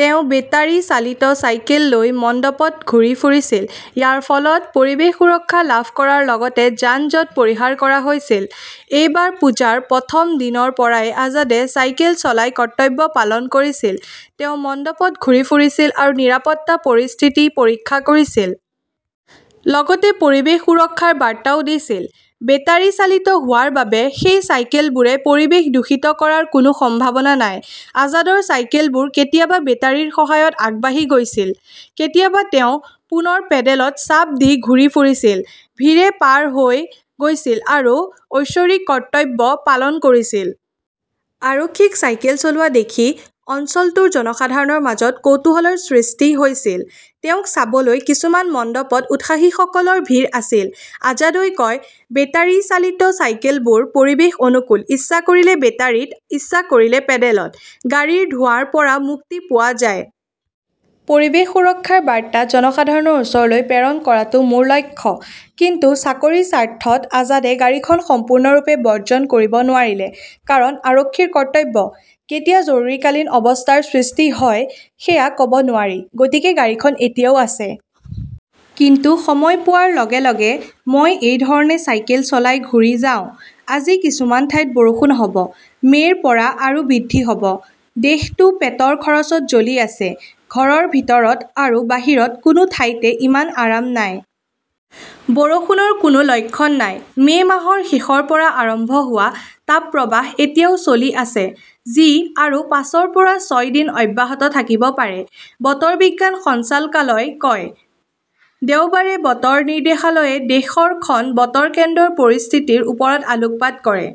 তেওঁ বেটাৰী চালিত চাইকেল লৈ মণ্ডপত ঘূৰি ফুৰিছিল। ইয়াৰ ফলত পৰিৱেশ সুৰক্ষা লাভ কৰাৰ লগতে যান-জঁট পৰিহাৰ কৰা হৈছিল। এই বাৰ পূজাৰ প্ৰথম দিনৰ পৰাই আজাদে চাইকেল চলাই 'কৰ্তব্য "পালন কৰিছিল। তেওঁ মণ্ডপত ঘূৰি ফুৰিছিল আৰু নিৰাপত্তা পৰিস্থিতি পৰীক্ষা কৰিছিল। লগতে পৰিৱেশ সুৰক্ষাৰ বাৰ্তাও দিছিল। বেটাৰী চালিত হোৱাৰ বাবে সেই চাইকেলবোৰে পৰিৱেশ দূষিত কৰাৰ কোনো সম্ভাৱনা নাই। আজাদৰ চাইকেলবোৰ কেতিয়াবা বেটাৰীৰ সহায়ত আগবাঢ়ি গৈছিল, কেতিয়াবা তেওঁ পুনৰ পেডেলত চাপ দি ঘূৰি ফুৰিছিল। ভীৰে পাৰ হৈ গৈছিল আৰু ঐশ্বৰিক কৰ্তব্য পালন কৰিছিল। আৰক্ষীক চাইকেল চলোৱা দেখি অঞ্চলটোৰ জনসাধাৰণৰ মাজত কৌতূহলৰ সৃষ্টি হৈছিল। তেওঁক চাবলৈ কিছুমান মণ্ডপত উৎসাহীসকলৰ ভিৰ আছিল। আজাদই কয়, "বেটাৰী চালিত চাইকেলবোৰ পৰিৱেশ অনুকূল। ইচ্ছা কৰিলে বেটাৰীত, ইচ্ছা কৰিলে পেডেলত। গাড়ীৰ ধোঁৱাৰ পৰা মুক্তি পোৱা যায়। পৰিৱেশ সুৰক্ষাৰ বাৰ্তা জনসাধাৰণৰ ওচৰলৈ প্ৰেৰণ কৰাটো মোৰ লক্ষ্য। "কিন্তু চাকৰিৰ স্বাৰ্থত আজাদে গাড়ীখন সম্পূৰ্ণৰূপে বৰ্জন কৰিব নোৱাৰিলে। "কাৰণ আৰক্ষীৰ কৰ্তব্য, কেতিয়া জৰুৰীকালীন অৱস্থাৰ সৃষ্টি হয় সেয়া ক" ব নোৱাৰি। গতিকে গাড়ীখন এতিয়াও আছে। কিন্তু সময় পোৱাৰ লগে লগে মই এই ধৰণে চাইকেল চলাই ঘূৰি যাওঁ। "। আজি কিছুমান ঠাইত বৰষুণ হ "ব, মে" ৰ পৰা আৰু বৃদ্ধি হ "ব দেশটো পেটৰ খৰচত জ্বলি আছে। ঘৰৰ ভিতৰত আৰু বাহিৰত কোনো ঠাইতে ইমান আৰাম নাই। বৰষুণৰ কোনো লক্ষণ নাই। মে 'মাহৰ শেষৰ পৰা আৰম্ভ হোৱা তাপপ্ৰবাহ এতিয়াও চলি আছে, যি আৰু পাঁচৰ পৰা ছয় দিন অব্যাহত থাকিব পাৰে, বতৰ বিজ্ঞান সঞ্চালকালয়ই কয়। দেওবাৰে বতৰ নিৰ্দেশালয়ে দেশৰ খন বতৰ কেন্দ্ৰৰ পৰিস্থিতিৰ ওপৰত আলোকপাত কৰে।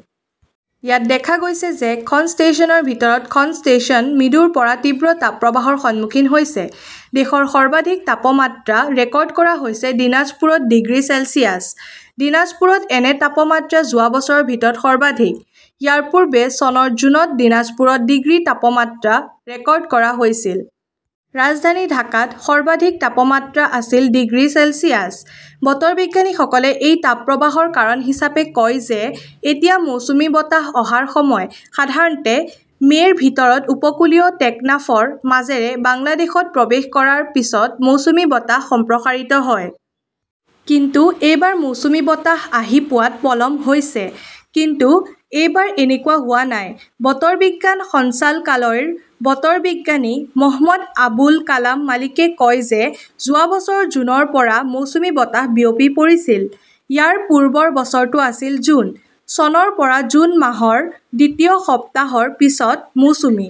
ইয়াত দেখা গৈছে যে খন ষ্টেচনৰ ভিতৰত খন ষ্টেচন মৃদুৰ পৰা তীব্ৰ তাপপ্ৰবাহৰ সন্মুখীন হৈছে। দেশৰ সৰ্বাধিক তাপমাত্ৰা ৰেকৰ্ড কৰা হৈছে দিনাজপুৰত ডিগ্ৰী চেলছিয়াছ। দীনাজপুৰত এনে তাপমাত্ৰা যোৱা বছৰৰ ভিতৰত সৰ্বাধিক। ইয়াৰ পূৰ্বে চনৰ জুনত দিনাজপুৰত ডিগ্ৰী তাপমাত্ৰা ৰেকৰ্ড কৰা হৈছিল। ৰাজধানী ঢাকাত সৰ্বাধিক তাপমাত্ৰা আছিল ডিগ্ৰী চেলছিয়াছ। বতৰ বিজ্ঞানীসকলে এই তাপপ্ৰবাহৰ কাৰণ হিচাপে কয় যে এতিয়া মৌচুমী বতাহ অহাৰ সময়। সাধাৰণতে মে 'ৰ ভিতৰত উপকূলীয় টেকনাফৰ মাজেৰে বাংলাদেশত প্ৰৱেশ কৰাৰ পিছত মৌচুমী বতাহ সম্প্ৰসাৰিত হয়। কিন্তু এইবাৰ মৌচুমী বতাহ আহি পোৱাত পলম হৈছে। কিন্তু এইবাৰ এনেকুৱা হোৱা নাই। বতৰ বিজ্ঞান সঞ্চালকালয়ৰ বতৰ বিজ্ঞানী মহম্মদ আবুল কালাম মালিকে কয় যে যোৱা বছৰৰ জুনৰ পৰা মৌচুমী বতাহ বিয়পি পৰিছিল। ইয়াৰ পূৰ্বৰ বছৰটো আছিল জুন। চনৰ পৰা জুন মাহৰ দ্বিতীয় সপ্তাহৰ পিছত মৌচুমী